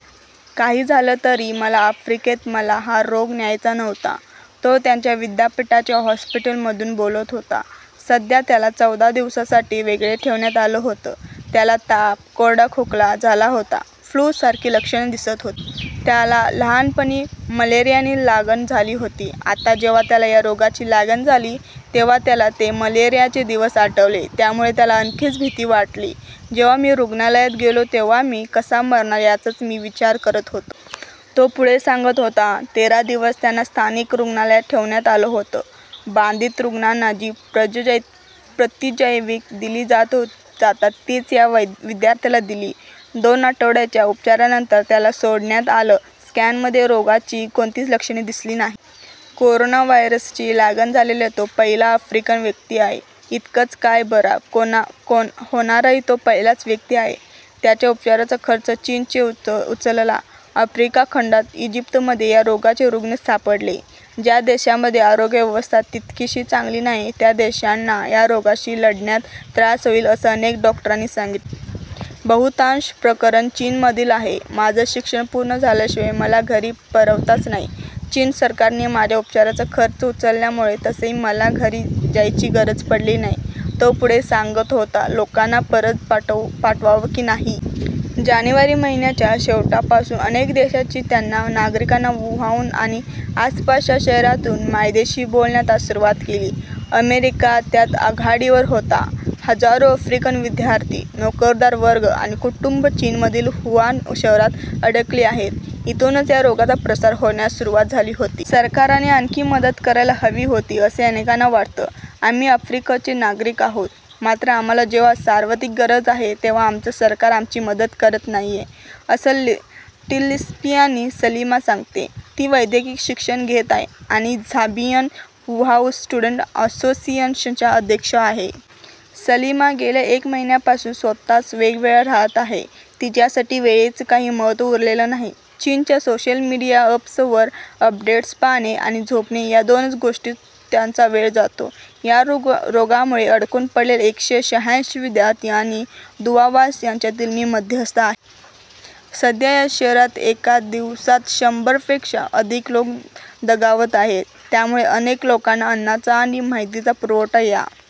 काही झालं तरी मला आफ्रिकेत मला हा रोग न्यायचा नव्हता. तो त्याच्या विद्यापीठाच्या हॉस्टेलमधून बोलत होता. सध्या त्याला चौदा दिवसांसाठी वेगळं ठेवण्यात आलं होतं. त्याला ताप, कोरडा खोकला झाला होता. फ्लू सारखी लक्षणं दिसत होती. त्याला लहानपणी मलेरियाची लागण झाली होती. आता जेव्हा त्याला या रोगाची लागण झाली तेव्हा त्याला ते मलेरियाचे दिवस आठवले. त्यामुळे त्याला आणखीच भीती वाटली. जेव्हा मी रुग्णालयात गेलो तेव्हा मी कसा मरणार याचाच मी विचार करत होतो. तो पुढे सांगत होता. तेरा दिवस त्यांना स्थानिक रुग्णालयात ठेवण्यात आलं होतं. बाधित रुग्णांना जी प्रतिजैविकं दिली जातात तीच या विद्यार्थ्याला दिली. दोन आठवड्यांच्या उपचारानंतर त्याला सोडण्यात आलं. स्कॅनमध्ये रोगाची कोणतीच लक्षणं दिसली नाही. कोरोना व्हायरसची लागण झालेला तो पहिला अफ्रिकन व्यक्ती आहे. इतकंच काय बरा होणाराही तो पहिलाच व्यक्ती आहे. त्याच्या उपचारांचा खर्च चीनने उचलला. आफ्रिका खंडात इजिप्तमध्ये या रोगाचे रुग्ण सापडले. ज्या देशांमध्ये आरोग्य व्यवस्था तितकीशी चांगली नाही त्या देशांना या रोगाशी लढण्यास त्रास होईल असं अनेक डॉक्टरांनी सांगितलं. बहुतांश प्रकरणं चीनमधीलच आहे. माझं शिक्षण पूर्ण झाल्याशिवाय मला घरी परतायचं नाही. चीन सरकारने माझ्या उपचाराचा खर्च उचलल्यामुळे तसंही मला घरी जायची गरज पडली नाही. तो पुढे सांगत होता. लोकांना परत पाठवावं की नाही? जानेवारी महिन्याच्या शेवटापासून अनेक देशांनी त्यांच्या नागरिकांना वुहान आणि आसपासच्या शहरातून मायदेशी बोलावण्यास सुरुवात केली. अमेरिका त्यात आघाडीवर होता. हजारो अफ्रिकन विद्यार्थी, नोकरदार वर्ग आणि कुटुंबं चीनमधील वुहान शहरात अडकली आहेत. इथूनच या रोगाचा प्रसार होण्यास सुरुवात झाली होती. सरकारने आणखी मदत करायला हवी होती असं अनेकांना वाटतं. आम्ही आफ्रिकेचे नागरिक आहोत. मात्र आम्हाला जेव्हा सर्वाधिक गरज आहे तेव्हा आमचं सरकार आमची मदत करत नाहीये. असं टिस्लियानी सलिमा सांगते. ती वैद्यकीय शिक्षण घेत आहे आणि झांबियन वुहाव स्टुडंट असोसिएशनच्या अध्यक्ष आहे. सलीमा गेल्या एक महिन्यापासून स्वत:च वेगळ्या राहते आहे. तिच्यासाठी वेळेचं काही महत्त्वच उरलेलं नाही. चीनच्या सोशल मीडिया अप्स वर अपडेट्स पाहणे आणि झोपणे या दोनच गोष्टीतच त्यांचा वेळ जातो. या रोगामुळे अडकून पडलेले एकशे शहाऐंशी विद्यार्थी आणि दुतावास यांच्यातली ती मध्यस्थ आहे. सध्या या शहरात एका दिवसात शंभर पेक्षा अधिक लोक दगावत आहेत. त्यामुळे अनेक लोकांना अन्नाचा आणि माहितीचा पुरवठा या